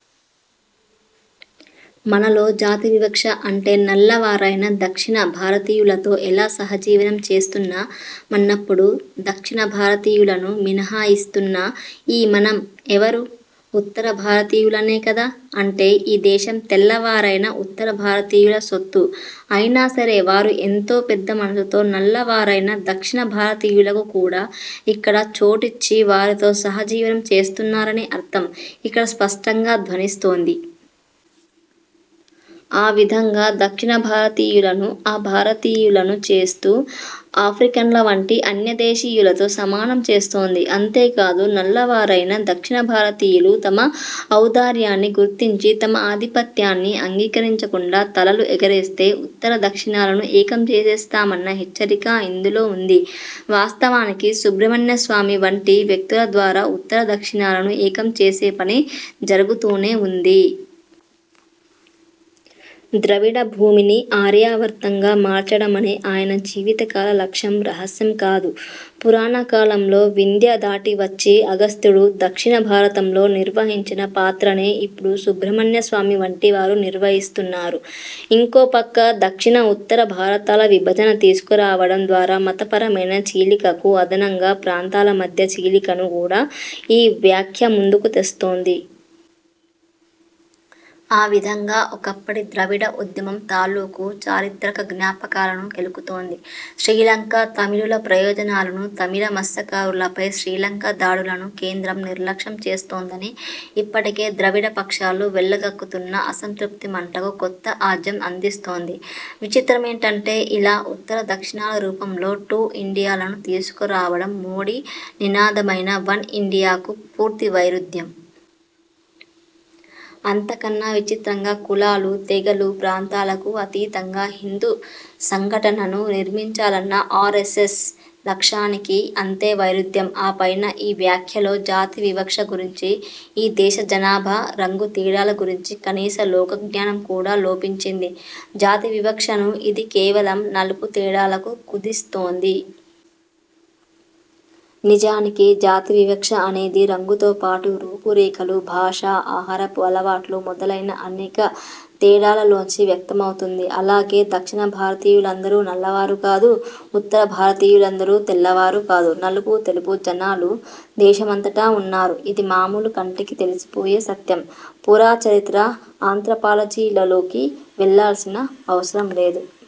''మనలో జాతివివక్ష ఉంటే 'నల్ల'వారైన దక్షిణ భారతీయులతో ఎలా సహజీవనం చేస్తున్నా''మన్నప్పుడు, దక్షిణభారతీయులను మినహాయి స్తున్న ఈ 'మనం' ఎవరు? 'ఉత్తరభారతీయు'లనే కదా? అంటే, ఈ దేశం 'తెల్ల'వారైన ఉత్తరభారతీయుల సొత్తు, అయినాసరే వారు ఎంతో పెద్ద మనసుతో 'నల్ల'వారైన దక్షిణభారతీయులకు కూడా ఇక్కడ చోటిచ్చి వారితో సహజీవనం చేస్తున్నారనే అర్థం ఇక్కడ స్పష్టంగా ధ్వనిస్తోంది. ఆవిధంగా దక్షిణ భారతీయులను అభారతీయులను చేస్తూ ఆఫ్రికన్ల వంటి అన్యదేశీ యులతో సమానం చేస్తోంది. అంతేకాదు, 'నల్ల'వారైన దక్షిణభారతీయులు తమ ఔదార్యాన్ని గుర్తించి తమ ఆధిపత్యాన్ని అంగీకరించకుండా తలలు ఎగరేస్తే ఉత్తర, దక్షిణాలను ఏకం చేసేస్తామన్న హెచ్చరికా ఇందులో ఉంది. వాస్తవానికి సుబ్రమణ్య స్వామి వంటి వ్యక్తుల ద్వారా ఉత్తర దక్షిణాలను ఏకం చేసేపని జరుగుతూనే ఉంది. ద్రవిడభూమిని 'ఆర్యావర్తం'గా మార్చడమనే ఆయన జీవితకాల లక్ష్యం రహస్యం కాదు. పురాణకాలంలో వింధ్య దాటివచ్చి అగస్త్యుడు దక్షిణ భారతంలో నిర్వహించిన పాత్రనే ఇప్పుడు సుబ్రమణ్య స్వామి వంటివారు నిర్వహిస్తున్నారు. ఇంకోపక్క, దక్షిణ, ఉత్తరభారతాల విభజన తీసుకురావడం ద్వారా మతపరమైన చీలికకు అదనంగా ప్రాంతాల మధ్య చీలికను కూడా ఈ వ్యాఖ్య ముందుకు తెస్తోంది. ఆవిధంగా ఒకప్పటి ద్రవిడ ఉద్యమం తాలూకు చారిత్రక జ్ఞాపకాలను కెలుకుతోంది. శ్రీలంక తమిళుల ప్రయోజనాలను, తమిళ మత్స్యకారులపై శ్రీలంక దాడులను కేంద్రం నిర్లక్ష్యం చేస్తోందని ఇప్పటికే ద్రవిడ పక్షాలు వెళ్లగక్కుతున్న అసంతృప్తి మంటకు కొత్త ఆజ్యం అందిస్తోంది. విచిత్రమేమిటంటే, ఇలా ఉత్తర- దక్షిణాల రూపంలో 'టూ ఇండియాల'ను తీసుకురావడం, మోడీ నినాదమైన 'వన్ ఇండియా'కు పూర్తి వైరుధ్యం. అంతకన్నా విచిత్రంగా; కులాలు, తెగలు, ప్రాంతాలకు అతీతంగా హిందూ సంఘటనను నిర్మించాలన్న ఆర్. ఎస్. ఎస్ లక్ష్యానికీ అంతే వైరుధ్యం. ఆపైన ఈ వ్యాఖ్యలో జాతివివక్ష గురించి, ఈ దేశజనాభా రంగు తేడాల గురించి కనీస లోకజ్ఞానం కూడా లోపించింది. జాతివివక్షను ఇది కేవలం నలుపు- తేడాలకు కుదిస్తోంది. నిజానికి జాతివివక్ష అనేది రంగుతోపాటు, రూపు రేఖలు, భాష, ఆహారపు అలవాట్లు మొదలైన అనేక తేడాలలోంచి వ్యక్తమవుతుంది. అలాగే, దక్షిణభారతీయులందరూ నల్లవారూ కాదు; ఉత్తర భారతీయులందరూ తెల్లవారూ కాదు. నలుపు-తెలుపు జనాలు దేశమంతటా ఉన్నారు. ఇది మామూలు కంటికే తెలిసిపోయే సత్యం; పురాచరిత్ర, ఆంత్రపాలజీలలోకి వెళ్లాల్సిన అవసరంలేదు.